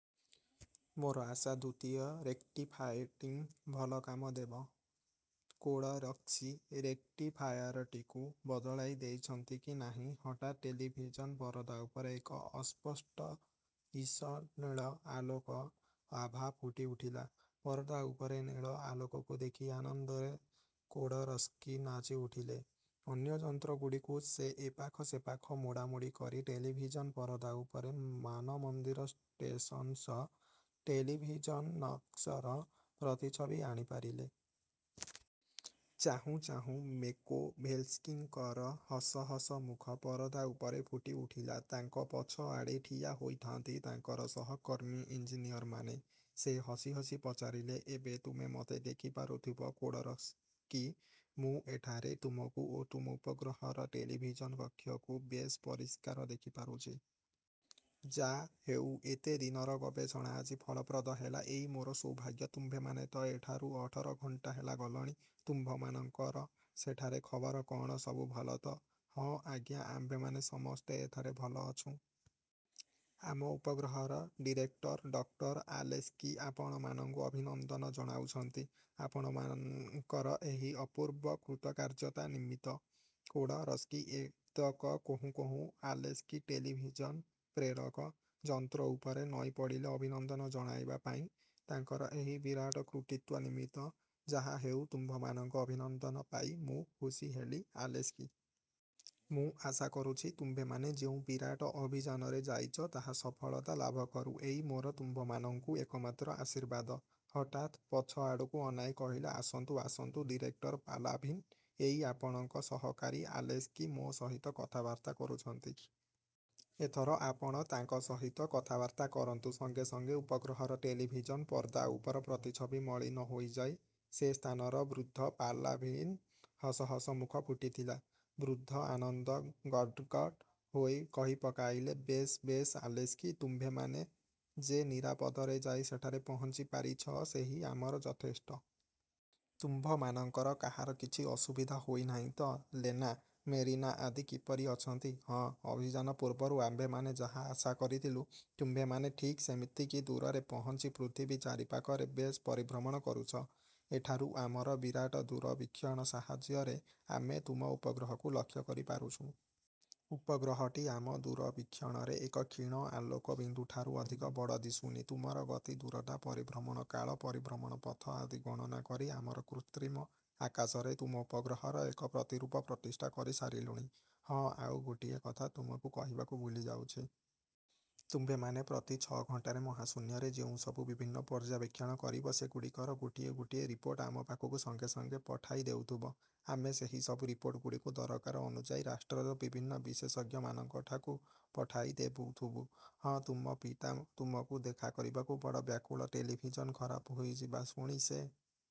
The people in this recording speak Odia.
ମୋର ଆଶା ଦ୍ୱିତୀୟ ରେକ୍ଟିଫାୟାର୍ଟି ଭଲ କାମ ଦେବ। କୋଡ଼ୋରସ୍କି ରେକ୍ଟିଫାୟାରଟିକୁ ବଦଳାଇ ଦେଇଛନ୍ତି କି ନାହିଁ, ହଠାତ୍ ଟେଲିଭିଜନ୍ ପରଦା ଉପରେ ଏକ ଅସ୍ପଷ୍ଟ ଈଷତ୍ନୀଳ ଆଲୋକ ଆଭା ଫୁଟି ଉଠିଲା। ପରଦା ଉପରେ ନୀଳ ଆଲୋକକୁ ଦେଖି ଆନନ୍ଦରେ କୋଡ଼ୋରସ୍କି ନାଚିଉଠିଲେ। ଅନ୍ୟ ଯନ୍ତ୍ରଗୁଡ଼ିକୁ ସେ ଏପାଖ ସେପାଖ ମୋଡ଼ାମୋଡ଼ି କରି ଟେଲିଭିଜନ୍ ପରଦା ଉପରେ ମାନମନ୍ଦିର ଷ୍ଟେସନ୍ସ୍ଥ ଟେଲିଭିଜନ୍କକ୍ଷର ପ୍ରତିଛବି ଆଣିପାରିଲେ। ଚାହୁଁ ଚାହୁଁ ମେକୋଭେଲସ୍କିଙ୍କର ହସ ହସ ମୁଖ ପରଦା ଉପରେ ଫୁଟିଉଠିଲା। ତାଙ୍କ ପଛଆଡ଼େ ଠିଆ ହୋଇଥାନ୍ତି ତାଙ୍କର ସହକର୍ମୀ ଇଞ୍ଜିନିଅରମାନେ। ସେ ହସି ହସି ପଚାରିଲେ, ''ଏତ ତୁମେ ମୋତେ ଦେଖି ପାରୁଥିବ କୋଡ଼ୋରସ୍କି। ମୁଁ ଏଠାରେ ତୁମକୁ ଓ ତୁମ ଉପଗ୍ରହର ଟେଲିଭିଜନ୍ କକ୍ଷକୁ ବେଶ୍ ପରିଷ୍କାର ଦେଖିପାରୁଛି। ଯା' ହେଉ; ଏତେ ଦିନର ଗବେଷଣା ଆଜି ଫଳପ୍ରଦ ହେଲା, ଏଇ ମୋର ସୌଭାଗ୍ୟ। ତୁମ୍ଭେମାନେ ତ ଏଠାରୁ ଅଠର ଘଣ୍ଟା ହେଲା ଗଲଣି। ତୁମ୍ଭମାନଙ୍କର ସେଠାରେ ଖବର କଅଣ, ସବୁ ଭଲ ତ? '' ''ହଁ, ଆଜ୍ଞା ଆମ୍ଭେମାନେ ସମସ୍ତେ ଏଠାରେ ଭଲ ଅଛୁଁ। ଆମ ଉପଗ୍ରହର ଡିରେକ୍ଟର ଡକ୍ଟର ଆଲେସ୍କି ଆପଣମାନଙ୍କୁ ଅଭିନନ୍ଦନ ଜଣାଉଛନ୍ତି, ଆପଣଙ୍କର ଏହି ଅପୂର୍ବ କୃତକାର୍ଯ୍ୟତା ନିମିତ୍ତ। '' କୋଡ଼ୋରସ୍କି ଏତକ କହୁଁ କହୁଁ ଆଲେସ୍କି ଟେଲିଭିଜନ୍ ପ୍ରେରକ ଯନ୍ତ୍ର ଉପରେ ନଇଁପଡ଼ିଲେ ଅଭିନନ୍ଦନ ଜଣାଇବାପାଇଁ, ତାଙ୍କର ଏହି ବିରାଟ କୃତିତ୍ୱ ନିମିତ୍ତ। ''ଯାହାହେଉ, ତୁମ୍ଭମାନଙ୍କ ଅଭିନନ୍ଦନ ପାଇ ମୁଁ ଖୁସି ହେଲି ଆଲେସ୍କି! ମୁଁ ଆଶା କରୁଛି ତୁମ୍ଭେମାନେ ଯେଉଁ ବିରାଟ ଅଭିଯାନରେ ଯାଇଚ, ତାହା ସଫଳତା ଲାଭ କରୁ। ଏଇ ମୋର ତୁମ୍ଭମାନଙ୍କୁ ଏକମାତ୍ର ଆଶୀର୍ବାଦ। '' ହଠାତ୍ ପଛଆଡ଼କୁ ଅନାଇ କହିଲେ, ''ଆସନ୍ତୁ, ଆସନ୍ତୁ, ଡିରେକ୍ଟର ପାଲାଭିନ୍, ଏଇ ଆପଣଙ୍କ ସହକାରୀ ଆଲେସ୍କି ମୋ ସହିତ କଥାବାର୍ତ୍ତା କରୁଛନ୍ତି। ଏଥର ଆପଣ ତାଙ୍କ ସହିତ କଥାବାର୍ତ୍ତା କରନ୍ତୁ। '' ସଙ୍ଗେ ସଙ୍ଗେ ଉପଗ୍ରହର ଟେଲିଭିଜନ୍ ପର୍ଦ୍ଦା ଉପର ପ୍ରତିଛବି ମଳିନ ହୋଇଯାଇ ସେ ସ୍ଥାନର ବୃଦ୍ଧ ପାଲାଭିନ୍ଙ୍କ ହସ ହସ ମୁଖ ଫୁଟିଠିଲା। ବୃଦ୍ଧ ଆନନ୍ଦ ଗଦ୍ଗଦ୍ ହୋଇ କହିପକାଇଲେ–''ବେଶ୍ ବେଶ୍ ଆଲେସ୍କି, ତୁମ୍ଭେମାନେ ଯେ ନିରାପଦରେ ଯାଇ ସେଠାରେ ପହଞ୍ଚି ପାରିଛ, ସେହି ଆମର ଯଥେଷ୍ଟ। ତୁମ୍ଭମାନଙ୍କର କାହାର କିଛି ଅସୁବିଧା ହୋଇନାହିଁ ତ? ଲେନା, ମେରିନା ଆଦି କିପରି ଅଛନ୍ତି? ହଁ, ଅଭିଯାନ ପୂର୍ବରୁ ଆମ୍ଭେମାନେ ଯାହା ଆଶା କରିଥିଲୁ, ତୁମ୍ଭେମାନେ ଠିକ୍ ସେତିକି ଦୂରରେ ପହଞ୍ଚି ପୃଥିବୀ ଚାରି ପାଖରେ ବେଶ୍ ପରିଭ୍ରମଣ କରୁଛ। ଏଠାରୁ ଆମର ବିରାଟ ଦୂରବୀକ୍ଷଣ ସାହାଯ୍ୟରେ ଆମେ ତୁମ ଉପଗ୍ରହକୁ ଲକ୍ଷ୍ୟ କରିପାରୁଛୁଁ। ଉପଗ୍ରହଟି ଆମ ଦୂରବୀକ୍ଷଣରେ ଏକ କ୍ଷୀଣ ଆଲୋକବିନ୍ଦୁଠାରୁ ଅଧିକ ବଡ଼ ଦିଶୁନି। ତୁମର ଗତି, ଦୂରତା, ପରିଭ୍ରମଣ କାଳ, ପରିଭ୍ରମଣ ପଥ ଆଦି ଗଣନା କରି ଆମର କୃତ୍ରିମ ଆକାଶରେ ତୁମ ଉପଗ୍ରହର ଏକ ପ୍ରତିରୂପ ପ୍ରତିଷ୍ଠା କରି ସାରିଲୁଣି। ହଁ, ଆଉ ଗୋଟିଏ କଥା ତୁମକୁ କହିବାକୁ ଭୁଲିଯାଉଛି। ତୁମ୍ଭେମାନେ ପ୍ରତି ଛ' ଘଣ୍ଟାରେ ମହାଶୂନ୍ୟରେ ଯେଉଁ ସବୁ ବିଭିନ୍ନ ପର୍ଯ୍ୟବେକ୍ଷଣ କରିବ, ସେଗୁଡ଼ିକର ଗୋଟିଏ ଗୋଟିଏ ରିପୋର୍ଟ ଆମ ପାଖକୁ ସଙ୍ଗେ ସଙ୍ଗେ ପଠାଇ ଦେଉଥିବ। ଆମେ ସେହି ସବୁ ରିପୋର୍ଟଗୁଡ଼ିକୁ ଦରକାର ଅନୁଯାୟୀ ରାଷ୍ଟ୍ରର ବିଭିନ୍ନ ବିଶେଷଜ୍ଞମାନଙ୍କଠାକୁ ପଠାଇ ଦେଉଥିବୁଁ। ହଁ, ତୁମ ପିତା ତୁମକୁ ଦେଖା କରିବାକୁ ବଡ଼ ବ୍ୟାକୁଳ। ଟେଲିଭିଜନ ଖରାପ ହୋଇଯିବା ଶୁଣି ସେ